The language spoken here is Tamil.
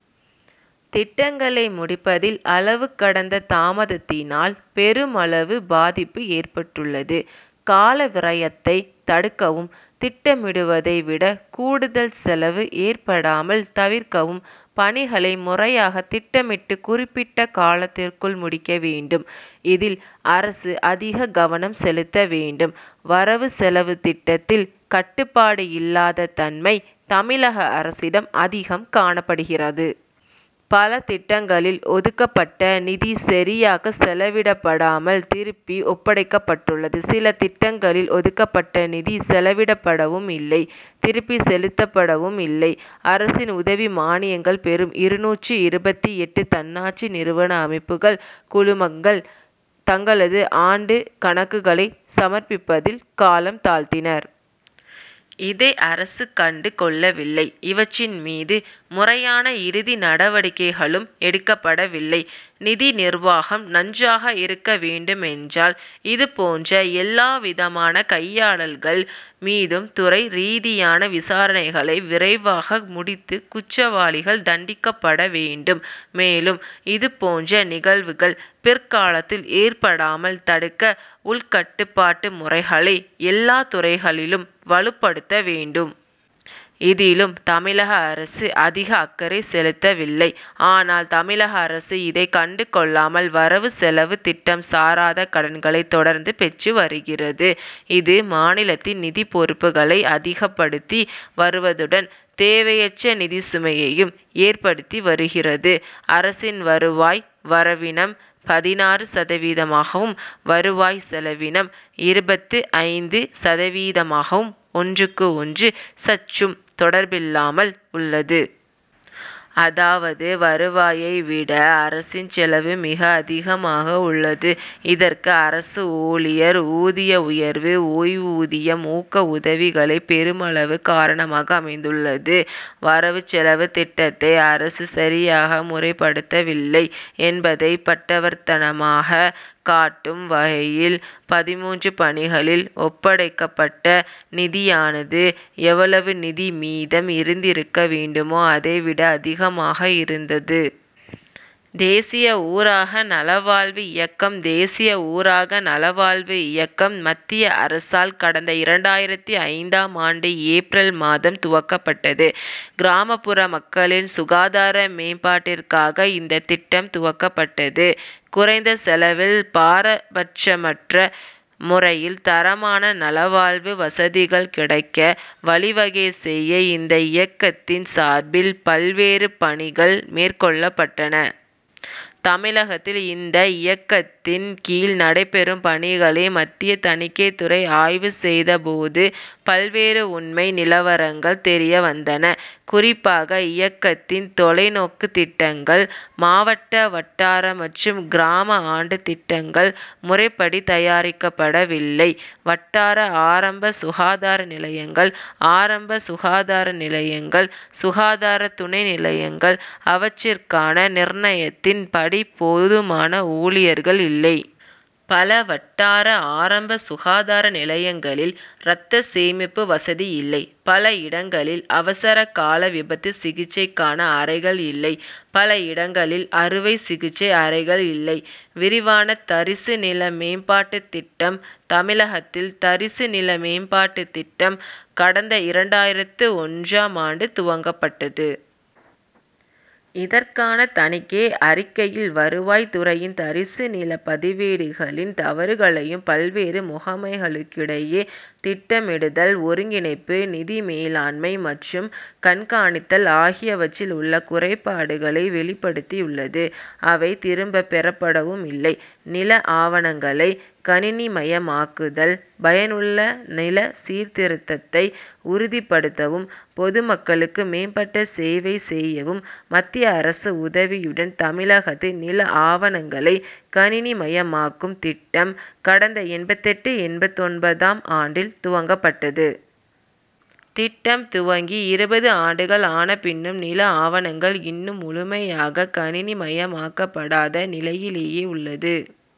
திட்டங்களை முடிப்பதில் அளவு கடந்த தாமதத்தினால் பெருமளவு பாதிப்பு ஏற்பட்டுள்ளது. கால விரயத்தை தடுக்கவும் திட்டமிடுவதை விட கூடுதல் செலவு ஏற்படாமல் தவிர்க்கவும் பணிகளை முறையாக திட்டமிட்டு குறிப்பிட்ட காலத்திற்குள் முடிக்க வேண்டும். இதில் அரசு அதிக கவனம் செலுத்த வேண்டும். வரவு செலவு திட்டத்தில் கட்டுப்பாடு இல்லாத தன்மை தமிழக அரசிடம் அதிகம் காணப்படுகிறது. பல திட்டங்களில் ஒதுக்கப்பட்ட நிதி சரியாக செலவிடப்படாமல் திருப்பி ஒப்படைக்கப்பட்டுள்ளது. சில திட்டங்களில் ஒதுக்கப்பட்ட நிதி செலவிடப்படவும் இல்லை. திருப்பிச் செலுத்தப்படவும் இல்லை. அரசின் உதவி மானியங்கள் பெறும் இருநூற்று இருபத்து எட்டு தன்னாட்சி நிறுவன அமைப்புகள் குழுமங்கள் தங்களது ஆண்டு கணக்குகளை சமர்ப்பிப்பதில் காலம் தாழ்த்தினர். இதை அரசு கண்டு கொள்ளவில்லை. இவற்றின் மீது முறையான இறுதி நடவடிக்கைகளும் எடுக்கப்படவில்லை. நிதி நிர்வாகம் நன்றாக இருக்க வேண்டுமென்றால் இது போன்ற எல்லாவிதமான கையாடல்கள் மீதும் துறை ரீதியான விசாரணைகளை விரைவாக முடித்து குற்றவாளிகள் தண்டிக்கப்பட வேண்டும். மேலும் இது போன்ற நிகழ்வுகள் பிற்காலத்தில் ஏற்படாமல் தடுக்க உள் கட்டுப்பாட்டு முறைகளை எல்லாத்துறைகளிலும் வலுப்படுத்த வேண்டும். இதிலும் தமிழக அரசு அதிக அக்கறை செலுத்தவில்லை. ஆனால் தமிழக அரசு இதை கண்டு கொள்ளாமல் வரவு செலவு திட்டம் சாராத கடன்களை தொடர்ந்து பெற்று வருகிறது. இது மாநிலத்தின் நிதிப் பொறுப்புகளை அதிகப்படுத்தி வருவதுடன் தேவையற்ற நிதி சுமையையும் ஏற்படுத்தி வருகிறது. அரசின் வருவாய் வரவினம் பதினாறு சதவீதமாகவும் வருவாய் செலவினம் இருபத்து ஐந்து சதவீதமாகவும் ஒன்றுக்கு ஒன்று சற்றும் தொடர்பில்லாமல் உள்ளது. அதாவது வருவாயை விட அரசின் செலவு மிக அதிகமாக உள்ளது. இதற்கு அரசு ஊழியர் ஊதிய உயர்வு ஓய்வூதியம் ஊக்க உதவிகளே பெருமளவு காரணமாக அமைந்துள்ளது. வரவு செலவு திட்டத்தை அரசு சரியாக முறைப்படுத்தவில்லை என்பதை பட்டவர்த்தனமாக காட்டும் வகையில் பதிமூன்று பணிகளில் ஒப்படைக்கப்பட்ட நிதியானது எவ்வளவு நிதி மீதம் இருந்திருக்க வேண்டுமோ அதை விட அதிகமாக இருந்தது. தேசிய ஊரக நலவாழ்வு இயக்கம் தேசிய ஊரக நல வாழ்வு இயக்கம் மத்திய அரசால் கடந்த இரண்டாயிரத்து ஐந்தாம் ஆண்டு ஏப்ரல் மாதம் துவக்கப்பட்டது. கிராமப்புற மக்களின் சுகாதார மேம்பாட்டிற்காக இந்த திட்டம் துவக்கப்பட்டது. குறைந்த செலவில் பாரபட்சமற்ற முறையில் தரமான நல வாழ்வு வசதிகள் கிடைக்க வழி வகை செய்ய இந்த இயக்கத்தின் சார்பில் பல்வேறு பணிகள் மேற்கொள்ளப்பட்டன. தமிழகத்தில் இந்த இயக்கத்தின் கீழ் நடைபெறும் பணிகளை மத்திய தணிக்கை துறை ஆய்வு செய்த போது பல்வேறு உண்மை நிலவரங்கள் தெரிய வந்தன. குறிப்பாக இயக்கத்தின் தொலைநோக்குத் திட்டங்கள் மாவட்ட வட்டார மற்றும் கிராம ஆண்டு திட்டங்கள் முறைப்படி தயாரிக்கப்படவில்லை. வட்டார ஆரம்ப சுகாதார நிலையங்கள் ஆரம்ப சுகாதார நிலையங்கள் சுகாதார துணை நிலையங்கள் அவற்றிற்கான நிர்ணயத்தின் படி போதுமான ஊழியர்கள் இல்லை. பல வட்டார ஆரம்ப சுகாதார நிலையங்களில் ரத்த சேமிப்பு வசதி இல்லை. பல இடங்களில் அவசர கால விபத்து சிகிச்சைக்கான அறைகள் இல்லை. பல இடங்களில் அறுவை சிகிச்சை அறைகள் இல்லை. விரிவான தரிசு நில மேம்பாட்டுத் திட்டம் தமிழகத்தில் தரிசு நில மேம்பாட்டு திட்டம் கடந்த இரண்டாயிரத்து ஒன்றாம் ஆண்டு துவங்கப்பட்டது. இதற்கான தணிக்கை அறிக்கையில் வருவாய் துறையின் தரிசு நில பதிவேடுகளின் தவறுகளையும் பல்வேறு முகமைகளுக்கிடையே திட்டமிடுதல் ஒருங்கிணைப்பு நிதி மேலாண்மை மற்றும் கண்காணித்தல் ஆகியவற்றில் உள்ள குறைபாடுகளை வெளிப்படுத்தியுள்ளது. அவை திரும்ப பெறப்படவும் இல்லை. நில ஆவணங்களை கணினிமயமாக்குதல் பயனுள்ள நில சீர்திருத்தத்தை உறுதிபடுத்தவும் பொதுமக்களுக்கு மேம்பட்ட சேவை செய்யவும் மத்திய அரசு உதவியுடன் தமிழகத்தில் நில ஆவணங்களை கணினிமயமாக்கும் திட்டம் கடந்த எண்பத்தெட்டு எண்பத்தொன்பதாம் ஆண்டில் துவங்கப்பட்டது. திட்டம் துவங்கி இருபது ஆண்டுகள் ஆன பின்னும் நில ஆவணங்கள் இன்னும் முழுமையாக கணினிமயமாக்கப்படாத நிலையிலேயே உள்ளது.